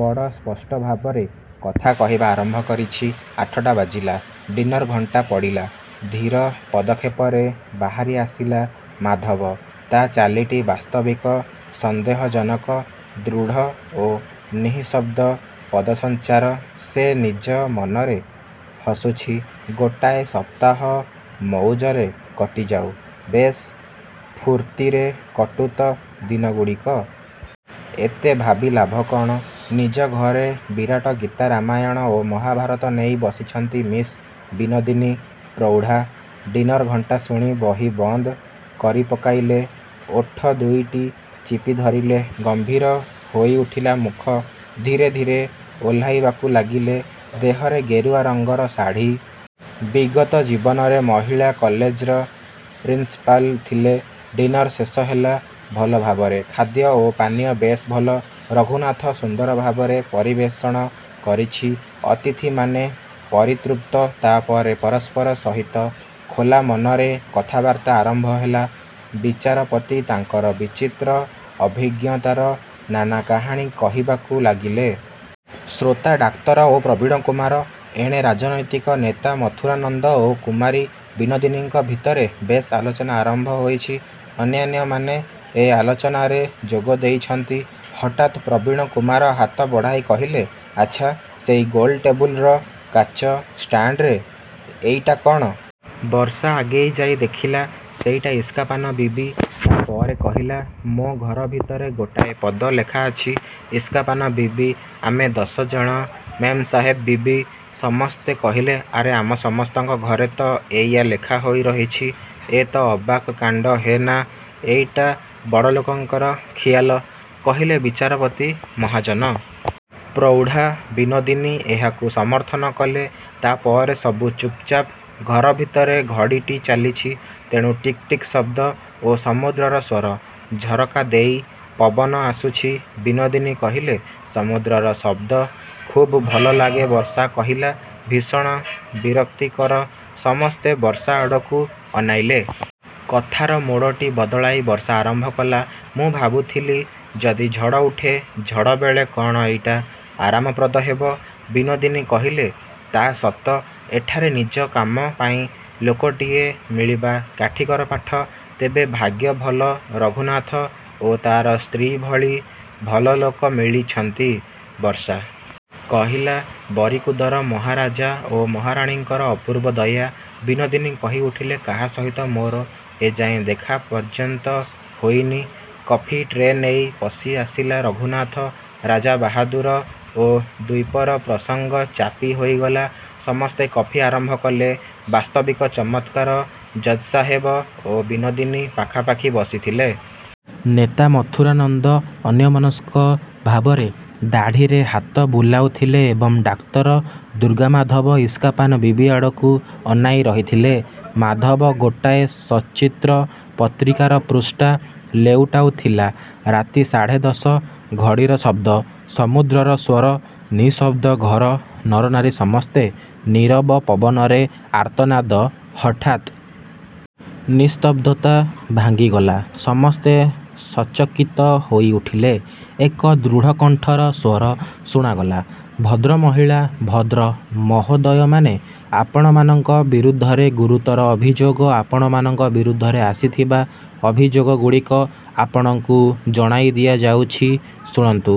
ବଡ଼ ସ୍ପଷ୍ଟଭାବରେ କଥା କହିବା ଆରମ୍ଭ କରିଛି। ଆଠଟା ବାଜିଲା। ଡିନର ଘଣ୍ଟା ପଡ଼ିଲା। ଧୀର ପଦକ୍ଷେପରେ ବାହାରିଆସିଲା ମାଧବ। ତା' ଚାଲିଟି ବାସ୍ତବିକ ସନ୍ଦେହଜନକ। ଦୃଢ଼ ଓ ନିଃଶବ୍ଦ ପଦସଞ୍ଚାର। ସେ ନିଜ ମନରେ ହସୁଛି, ଗୋଟାଏ ସପ୍ତାହ ମଉଜରେ କଟିଯାଉ। ବେଶ୍ ଫୂର୍ତ୍ତିରେ କଟୁ ତ ଦିନଗୁଡ଼ିକ। ଏତେ ଭାବି ଲାଭ କ'ଣ? ନିଜ ଘରେ ବିରାଟ ଗୀତା, ରାମାୟଣ ଓ ମହାଭାରତ ନେଇ ବସିଛନ୍ତି ମିସ୍ ବିନୋଦିନୀ, ପ୍ରୌଢ଼ା। ଡିନର ଘଣ୍ଟା ଶୁଣି ବହି ବନ୍ଦ କରିପକାଇଲେ। ଓଠଦୁଇଟି ଚିପିଧରିଲେ। ଗମ୍ଭୀର ହୋଇଉଠିଲା ମୁଖ। ଧୀରେ ଧୀରେ ଓହ୍ଲାଇବାକୁ ଲାଗିଲେ। ଦେହରେ ଗେରୁଆ ରଙ୍ଗର ଶାଢ଼ୀ। ବିଗତ ଜୀବନରେ ମହିଳା କଲେଜର ପ୍ରିନ୍ସପାଲ୍ ଥିଲେ। ଡିନର ଶେଷ ହେଲା ଭଲଭାବରେ। ଖାଦ୍ୟ ଓ ପାନୀୟ ବେଶ୍ ଭଲ। ରଘୁନାଥ ସୁନ୍ଦରଭାବରେ ପରିବେଷଣ କରିଛି। ଅତିଥିମାନେ ପରିତୃପ୍ତ। ତା'ପରେ ପରସ୍ପର ସହିତ ଖୋଲା ମନରେ କଥାବାର୍ତ୍ତା ଆରମ୍ଭ ହେଲା। ବିଚାରପତି ତାଙ୍କର ବିଚିତ୍ର ଅଭିଜ୍ଞତାର ନାନା କାହାଣୀ କହିବାକୁ ଲାଗିଲେ। ଶ୍ରୋତା ଡାକ୍ତର ଓ ପ୍ରବୀଣକୁମାର। ଏଣେ ରାଜନୈତିକ ନେତା ମଥୁରାନନ୍ଦ ଓ କୁମାରୀ ବିନୋଦିନୀଙ୍କ ଭିତରେ ବେଶ୍ ଆଲୋଚନା ଆରମ୍ଭ ହୋଇଛି। ଅନ୍ୟାନ୍ୟମାନେ ଏ ଆଲୋଚନାରେ ଯୋଗ ଦେଇଛନ୍ତି। ହଠାତ୍ ପ୍ରବୀଣକୁମାର ହାତ ବଢ଼ାଇ କହିଲେ, ଆଚ୍ଛା, ସେଇ ଗୋଲ ଟେବୁଲ୍ର କାଚ ଷ୍ଟାଣ୍ଡରେ ଏଇଟା କ'ଣ? ବର୍ଷା ଆଗେଇଯାଇ ଦେଖିଲା, ସେଇଟା ଇସ୍କା ପାନ ବିବି। ତା'ପରେ କହିଲା, ମୋ ଘରଭିତରେ ଗୋଟାଏ ପଦ ଲେଖାଅଛି, ଇସ୍କା ପାନ ବିବି, ଆମେ ଦଶଜଣ ମେମ୍ସାହେବ ବିବି। ସମସ୍ତେ କହିଲେ, ଆରେ, ଆମ ସମସ୍ତଙ୍କ ଘରେ ତ ଏଇଆ ଲେଖାହୋଇ ରହିଛି। ଏ ତ ଅବାକ୍ କାଣ୍ଡ ହେ ନା, ଏଇଟା ବଡ଼ଲୋକଙ୍କର ଖିଆଲ, କହିଲେ ବିଚାରପତି ମହାଜନ। ପ୍ରୌଢ଼ା ବିନୋଦିନୀ ଏହାକୁ ସମର୍ଥନ କଲେ। ତା'ପରେ ସବୁ ଚୁପ୍ଚାପ୍। ଘରଭିତରେ ଘଡ଼ିଟି ଚାଲିଛି, ତେଣୁ ଟିକ୍ ଟିକ୍ ଶବ୍ଦ ଓ ସମୁଦ୍ରର ସ୍ଵର। ଝରକାଦେଇ ପବନ ଆସୁଛି। ବିନୋଦିନୀ କହିଲେ, ସମୁଦ୍ରର ଶବ୍ଦ ଖୁବ୍ ଭଲ ଲାଗେ ବର୍ଷା କହିଲା, ଭୀଷଣ ବିରକ୍ତିକର। ସମସ୍ତେ ବର୍ଷା ଆଡ଼କୁ ଅନାଇଲେ। କଥାର ମୋଡ଼ଟି ବଦଳାଇ ବର୍ଷା ଆରମ୍ଭ କଲା, ମୁଁ ଭାବୁଥିଲି, ଯଦି ଝଡ଼ ଉଠେ, ଝଡ଼ବେଳେ କ'ଣ ଏଇଟା ଆରାମପ୍ରଦ ହେବ? ବିନୋଦିନୀ କହିଲେ, ତା' ସତ। ଏଠାରେ ନିଜ କାମ ପାଇଁ ଲୋକଟିଏ ମିଳିବା କାଠିକର ପାଠ। ତେବେ ଭାଗ୍ୟ ଭଲ, ରଘୁନାଥ ଓ ତା'ର ସ୍ତ୍ରୀ ଭଳି ଭଲ ଲୋକ ମିଳିଛନ୍ତି। ବର୍ଷା କହିଲା, ବରିକୁଦର ମହାରାଜା ଓ ମହାରାଣୀଙ୍କର ଅପୂର୍ବ ଦୟା। ବିନୋଦିନୀ କହିଉଠିଲେ, କାହା ସହିତ ମୋର ଏଯାଏଁ ଦେଖା ପର୍ଯ୍ୟନ୍ତ ହୋଇନି। କଫି ଟ୍ରେ ନେଇ ପଶି ଆସିଲା ରଘୁନାଥ। ରାଜାବାହାଦୁର ଓ ଦ୍ଵୀପର ପ୍ରସଙ୍ଗ ଚାପି ହୋଇଗଲା। ସମସ୍ତେ କଫି ଆରମ୍ଭ କଲେ। ବାସ୍ତବିକ ଚମତ୍କାର। ଜଜ୍ସାହେବ ଓ ବିନୋଦିନୀ ପାଖାପାଖି ବସିଥିଲେ। ନେତା ମଥୁରାନନ୍ଦ ଅନ୍ୟମନସ୍କଭାବରେ ଦାଢ଼ିରେ ହାତ ବୁଲାଉଥିଲେ ଏବଂ ଡାକ୍ତର ଦୁର୍ଗାମାଧବ ଇସ୍କା ପାନ ବିବି ଆଡ଼କୁ ଅନାଇ ରହିଥିଲେ। ମାଧବ ଗୋଟାଏସଚିତ୍ର ପତ୍ରିକାର ପୃଷ୍ଠା ଲେଉଟାଉଥିଲା। ରାତି ସାଢ଼େ ଦଶ। ଘଡ଼ିର ଶବ୍ଦ। ସମୁଦ୍ରର ସ୍ଵର। ନିଃଶବ୍ଦ ଘର। ନରନାରୀ ସମସ୍ତେ ନୀରବ। ପବନରେ ଆର୍ତ୍ତନାଦ। ହଠାତ୍ ନିସ୍ତବ୍ଧତା ଭାଙ୍ଗିଗଲା। ସମସ୍ତେ ସଚକିତ ହୋଇଉଠିଲେ। ଏକ ଦୃଢ଼କଣ୍ଠର ସ୍ଵର ଶୁଣାଗଲା, ଭଦ୍ରମହିଳା, ଭଦ୍ର ମହୋଦୟମାନେ, ଆପଣମାନଙ୍କ ବିରୁଦ୍ଧରେ ଗୁରୁତର ଅଭିଯୋଗ। ଆପଣମାନଙ୍କ ବିରୁଦ୍ଧରେ ଆସିଥିବା ଅଭିଯୋଗଗୁଡ଼ିକ ଆପଣଙ୍କୁ ଜଣାଇଦିଆଯାଉଛି, ଶୁଣନ୍ତୁ।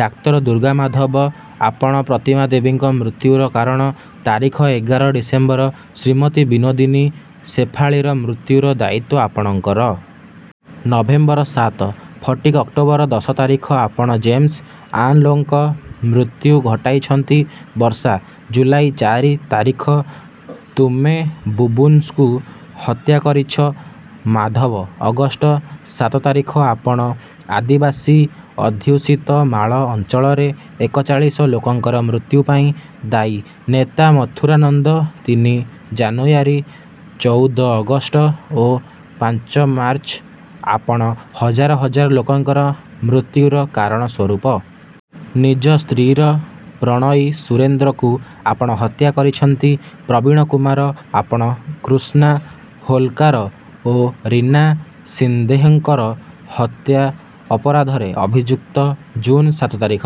ଡାକ୍ତରଦୁର୍ଗାମାଧବ, ଆପଣ ପ୍ରତିମା ଦେବୀଙ୍କ ମୃତ୍ୟୁର କାରଣ। ତାରିଖ ଏଗାର ଡିସେମ୍ବର। ଶ୍ରୀମତୀ ବିନୋଦିନୀ, ଶେଫାଳୀରମୃତ୍ୟୁରଦାୟିତ୍ୱଆପଣଙ୍କର। ନଭେମ୍ବର ସାତ। ଫଟିକ୍, ଅକ୍ଟୋବର ଦଶ ତାରିଖ। ଆପଣ ଜେମ୍ସ-ଆଂଲୋଙ୍କ ମୃତ୍ୟୁ ଘଟାଇଛନ୍ତି। ବର୍ଷା, ଜୁଲାଇ ଚାରି ତାରିଖ, ତୁମେବୁବୁନ୍କୁ ହତ୍ୟା କରିଛ। ମାଧବ, ଅଗଷ୍ଟ ସାତ ତାରିଖ, ଆପଣ ଆଦିବାସୀଅଧ୍ୟୁଷିତ ମାଳ ଅଞ୍ଚଳରେ ଏକଚାଳିଶ ଲୋକଙ୍କର ମୃତ୍ୟୁପାଇଁ ଦାୟୀ। ନେତା ମଥୁରାନନ୍ଦ, ତିନି ଜାନୁୟାରୀ, ଚଉଦ ଅଗଷ୍ଟ ଓ ପାଞ୍ଚ ମାର୍ଚ୍ଚ, ଆପଣ ହଜାର ହଜାର ଲୋକଙ୍କର ମୃତ୍ୟୁର କାରଣସ୍ଵରୂପ। ନିଜ ସ୍ତ୍ରୀର ପ୍ରଣୟୀ ସୁରେନ୍ଦ୍ରକୁ ଆପଣ ହତ୍ୟା କରିଛନ୍ତି। ପ୍ରବୀଣକୁମାର, ଆପଣ କୃଷ୍ଣା ହୋଲକାର ଓ ରୀନା ସିନ୍ଧେଙ୍କର ହତ୍ୟା ଅପରାଧରେ ଅଭିଯୁକ୍ତ। ଜୁନ୍ ସାତ ତାରିଖ।